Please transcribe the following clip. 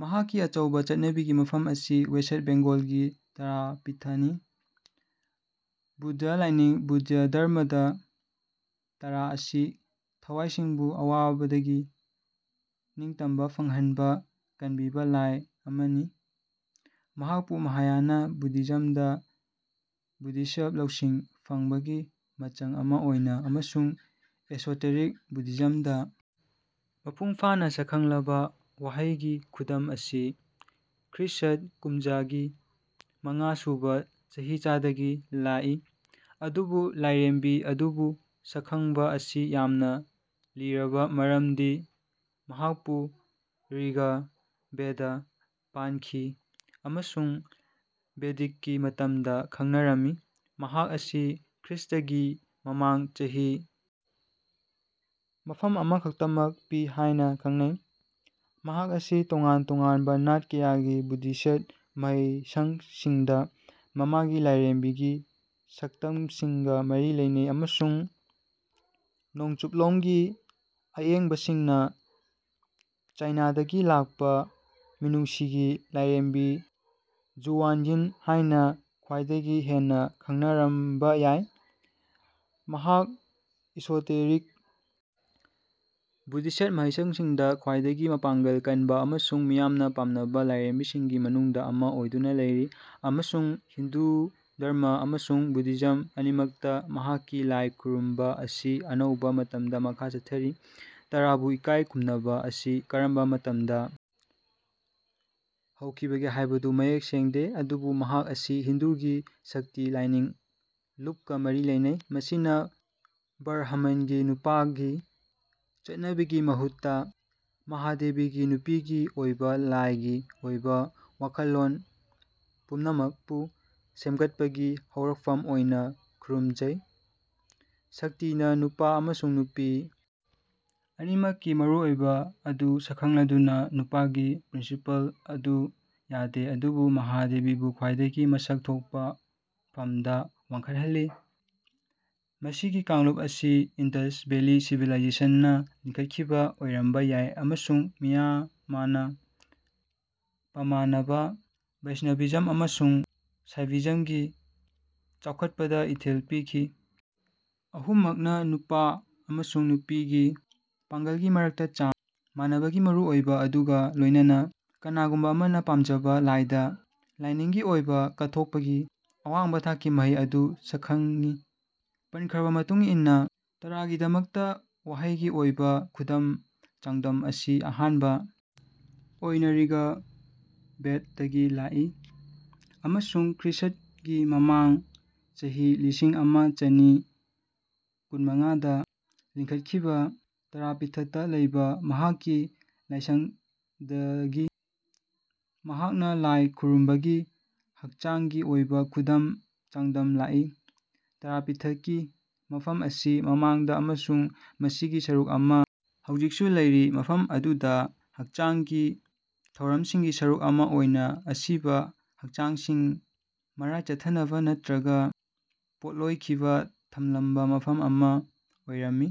ꯃꯍꯥꯛꯀꯤ ꯑꯆꯧꯕ ꯆꯠꯅꯕꯤꯒꯤ ꯃꯐꯝ ꯑꯁꯤ ꯋꯦꯁꯠ ꯕꯦꯡꯒꯣꯜꯒꯤ ꯇꯥꯔꯥꯄꯤꯊꯅꯤ꯫ ꯕꯨꯗ꯭ꯙ ꯂꯥꯏꯅꯤꯡ ꯕꯨꯗ꯭ꯙ ꯙꯔꯃꯥꯗ ꯇꯥꯔꯥ ꯑꯁꯤ ꯊꯋꯥꯏꯁꯤꯡꯕꯨ ꯑꯋꯥꯕꯗꯒꯤ ꯅꯤꯡꯇꯝꯕ ꯐꯪꯍꯟꯕ ꯀꯟꯕꯤꯕ ꯂꯥꯏ ꯑꯃꯅꯤ꯫ ꯃꯍꯥꯛꯄꯨ ꯃꯍꯥꯌꯥꯅ ꯕꯨꯙꯤꯖꯝꯗ ꯕꯣꯙꯤꯁꯠꯚ ꯂꯧꯁꯤꯡ ꯐꯪꯕꯒꯤ ꯃꯆꯪ ꯑꯃ ꯑꯣꯏꯅ ꯑꯃꯁꯨꯡ ꯏꯁꯣꯇꯦꯔꯤꯛ ꯕꯨꯙꯤꯖꯝꯗ ꯃꯄꯨꯡ ꯐꯥꯅ ꯁꯛꯈꯪꯂꯕ ꯋꯥꯍꯩꯒꯤ ꯈꯨꯗꯝ ꯑꯁꯤ ꯈ꯭ꯔꯤꯁ꯭ꯠ ꯀꯨꯝꯖꯥꯒꯤ ꯃꯉꯥ ꯁꯨꯕ ꯆꯍꯤꯆꯥꯗꯒꯤ ꯂꯥꯛꯏ ꯑꯗꯨꯕꯨ ꯂꯥꯏꯔꯦꯝꯕꯤ ꯑꯗꯨꯕꯨ ꯁꯛꯈꯪꯕ ꯑꯁꯤ ꯌꯥꯝꯅ ꯂꯤꯔꯕ ꯃꯔꯝꯗꯤ ꯃꯍꯥꯛꯄꯨ ꯔꯤꯒ ꯕꯦꯗꯗ ꯄꯟꯈꯤ ꯑꯃꯁꯨꯡ ꯕꯦꯗꯤꯛꯀꯤ ꯃꯇꯝꯗ ꯈꯪꯅꯔꯝꯃꯤ꯫ ꯃꯍꯥꯛ ꯑꯁꯤ ꯈ꯭ꯔꯤꯁꯇꯒꯤ ꯃꯃꯥꯡ ꯆꯍꯤ ꯃꯐꯝ ꯑꯃꯈꯛꯇꯃꯛ ꯄꯤ ꯍꯥꯏꯅ ꯈꯟꯅꯩ꯫ ꯃꯍꯥꯛ ꯑꯁꯤ ꯇꯣꯉꯥꯟ ꯇꯣꯉꯥꯟꯕ ꯅꯥꯠ ꯀꯌꯥꯒꯤ ꯕꯨꯗꯙꯤꯁ꯭ꯠ ꯃꯍꯩꯁꯪꯁꯤꯡꯗ ꯃꯃꯥꯒꯤ ꯂꯥꯏꯔꯦꯝꯕꯤꯒꯤ ꯁꯛꯇꯝꯁꯤꯡꯒ ꯃꯔꯤ ꯂꯩꯅꯩ ꯑꯃꯁꯨꯡ ꯅꯣꯡꯆꯨꯞꯂꯣꯝꯒꯤ ꯑꯌꯦꯡꯕꯁꯤꯡꯅ ꯆꯥꯏꯅꯥꯗꯒꯤ ꯂꯥꯛꯄ ꯃꯤꯅꯨꯡꯁꯤꯒꯤ ꯂꯥꯏꯔꯦꯝꯕꯤ ꯒꯨꯋꯥꯟꯌꯤꯟ ꯍꯥꯏꯅ ꯈ꯭ꯋꯥꯏꯗꯒꯤ ꯍꯦꯟꯅ ꯈꯪꯅꯔꯝꯕ ꯌꯥꯏ꯫ ꯃꯍꯥꯛ ꯏꯁꯣꯇꯦꯔꯤꯛ ꯕꯨꯗꯙꯤꯁ꯭ꯠ ꯃꯍꯩꯁꯪꯁꯤꯡꯗ ꯈ꯭ꯋꯥꯏꯗꯒꯤ ꯃꯄꯥꯡꯒꯜ ꯀꯟꯕ ꯑꯃꯁꯨꯡ ꯃꯤꯌꯥꯝꯅ ꯄꯥꯝꯅꯕ ꯂꯥꯏꯔꯦꯝꯕꯤꯁꯤꯡꯒꯤ ꯃꯅꯨꯡꯗ ꯑꯃ ꯑꯣꯏꯗꯨꯅ ꯂꯩꯔꯤ ꯑꯃꯁꯨꯡ ꯍꯤꯟꯗꯨ ꯙꯔꯃꯥ ꯑꯃꯁꯨꯡ ꯕꯨꯙꯤꯖꯝ ꯑꯅꯤꯃꯛꯇ ꯃꯍꯥꯛꯀꯤ ꯂꯥꯏ ꯈꯨꯔꯨꯝꯕ ꯑꯁꯤ ꯑꯅꯧꯕ ꯃꯇꯝꯗ ꯃꯈꯥ ꯆꯠꯊꯔꯤ꯫ ꯇꯥꯔꯥꯕꯨ ꯏꯀꯥꯏ ꯈꯨꯝꯅꯕ ꯑꯁꯤ ꯀꯔꯝꯕ ꯃꯇꯝꯗ ꯍꯧꯈꯤꯕꯒꯦ ꯍꯥꯏꯕꯗꯨ ꯃꯌꯦꯛ ꯁꯦꯡꯗꯦ ꯑꯗꯨꯕꯨ ꯃꯍꯥꯛ ꯑꯁꯤ ꯍꯤꯟꯗꯨꯒꯤ ꯁꯛꯇꯤ ꯂꯥꯏꯅꯤꯡ ꯂꯨꯞꯀ ꯃꯔꯤ ꯂꯩꯅꯩ ꯃꯁꯤꯅ ꯕ꯭ꯔꯍꯃꯟꯒꯤ ꯅꯨꯄꯥꯒꯤ ꯆꯠꯅꯕꯤꯒꯤ ꯃꯍꯨꯠꯇ ꯃꯍꯥꯗꯦꯕꯤꯒꯤ ꯅꯨꯄꯤꯒꯤ ꯑꯣꯏꯕ ꯂꯥꯏꯒꯤ ꯑꯣꯏꯕ ꯋꯥꯈꯜꯂꯣꯟ ꯄꯨꯝꯅꯃꯛꯄꯨ ꯁꯦꯝꯒꯠꯄꯒꯤ ꯍꯧꯔꯛꯐꯝ ꯑꯣꯏꯅ ꯈꯨꯔꯨꯝꯖꯩ꯫ ꯁꯛꯇꯤꯅ ꯅꯨꯄꯥ ꯑꯃꯁꯨꯡ ꯅꯨꯄꯤ ꯑꯅꯤꯃꯛꯀꯤ ꯃꯔꯨꯑꯣꯏꯕ ꯑꯗꯨ ꯁꯛꯈꯪꯂꯗꯨꯅ ꯅꯨꯄꯥꯒꯤ ꯄ꯭ꯔꯤꯟꯁꯤꯄꯜ ꯑꯗꯨ ꯌꯥꯗꯦ ꯑꯗꯨꯕꯨ ꯃꯍꯥꯗꯦꯕꯤꯕꯨ ꯈ꯭ꯋꯥꯏꯗꯒꯤ ꯃꯁꯛ ꯊꯣꯛꯄ ꯐꯝꯗ ꯋꯥꯡꯈꯠꯍꯜꯂꯤ꯫ ꯃꯁꯤꯒꯤ ꯀꯥꯡꯂꯨꯞ ꯑꯁꯤ ꯏꯟꯗꯁ ꯚꯦꯂꯤ ꯁꯤꯚꯤꯂꯥꯏꯖꯦꯁꯟꯅ ꯂꯤꯡꯈꯠꯈꯤꯕ ꯑꯣꯏꯔꯝꯕ ꯌꯥꯏ ꯑꯃꯁꯨꯡ ꯃꯤꯌꯥꯃꯅ ꯄꯥꯃꯅꯕ ꯕꯩꯁꯅꯚꯤꯖꯝ ꯑꯃꯁꯨꯡ ꯁꯥꯏꯚꯤꯖꯝꯒꯤ ꯆꯥꯎꯈꯠꯄꯗ ꯏꯊꯤꯜ ꯄꯤꯈꯤ꯫ ꯑꯍꯨꯝꯃꯛꯅ ꯅꯨꯄꯥ ꯑꯃꯁꯨꯡ ꯅꯨꯄꯤꯒꯤ ꯄꯥꯡꯒꯜꯒꯤ ꯃꯔꯛꯇ ꯆꯥꯡ ꯃꯥꯟꯅꯕꯒꯤ ꯃꯔꯨꯑꯣꯏꯕ ꯑꯗꯨꯒ ꯂꯣꯏꯅꯅ ꯀꯅꯥꯒꯨꯝꯕ ꯑꯃꯅ ꯄꯥꯝꯖꯕ ꯂꯥꯏꯗ ꯂꯅꯥꯏꯒꯤ ꯑꯣꯏꯕ ꯀꯠꯊꯣꯛꯄꯒꯤ ꯑꯋꯥꯡꯕ ꯊꯥꯛꯀꯤ ꯃꯍꯩ ꯑꯗꯨ ꯁꯛꯈꯪꯉꯤ꯫ ꯄꯟꯈ꯭ꯔꯕ ꯃꯇꯨꯡ ꯏꯟꯅ ꯇꯥꯔꯥꯒꯤꯗꯃꯛꯇ ꯋꯥꯍꯩꯒꯤ ꯑꯣꯏꯕ ꯈꯨꯗꯝ ꯆꯥꯡꯗꯝ ꯑꯁꯤ ꯑꯍꯥꯟꯕ ꯑꯣꯏꯅ ꯔꯤꯒ ꯕꯦꯗꯇꯒꯤ ꯂꯥꯛꯏ ꯑꯃꯁꯨꯡ ꯈ꯭ꯔꯤꯁ꯭ꯠꯒꯤ ꯃꯃꯥꯡ ꯆꯍꯤ ꯂꯤꯁꯤꯡ ꯑꯃ ꯆꯅꯤ ꯀꯨꯟꯃꯉꯥꯗ ꯂꯤꯡꯈꯠꯈꯤꯕ ꯇꯥꯔꯥꯄꯤꯊꯇ ꯂꯩꯕ ꯃꯍꯥꯛꯀꯤ ꯂꯥꯏꯁꯪꯗꯒꯤ ꯃꯍꯥꯛꯅ ꯂꯥꯏ ꯈꯨꯔꯨꯝꯕꯒꯤ ꯍꯛꯆꯥꯡꯒꯤ ꯑꯣꯏꯕ ꯈꯨꯗꯝ ꯆꯥꯡꯗꯝ ꯂꯥꯛꯏ꯫ ꯇꯔꯥꯄꯤꯊꯀꯤ ꯃꯐꯝ ꯑꯁꯤ ꯃꯃꯥꯡꯗ ꯑꯃꯁꯨꯡ ꯃꯁꯤꯒꯤ ꯁꯔꯨꯛ ꯑꯃ ꯍꯧꯖꯤꯛꯁꯨ ꯂꯩꯔꯤ ꯃꯐꯝ ꯑꯗꯨꯗ ꯍꯛꯆꯥꯡꯒꯤ ꯊꯧꯔꯝꯁꯤꯡꯒꯤ ꯁꯔꯨꯛ ꯑꯃ ꯑꯣꯏꯅ ꯑꯁꯤꯕ ꯍꯛꯆꯥꯡꯁꯤꯡ ꯃꯔꯥꯏ ꯆꯥꯏꯊꯅꯕ ꯅꯠꯇ꯭ꯔꯒ ꯄꯣꯠꯂꯣꯏꯈꯤꯕ ꯊꯝꯂꯝꯕ ꯃꯐꯝ ꯑꯃ ꯑꯣꯏꯔꯝꯃꯤ꯫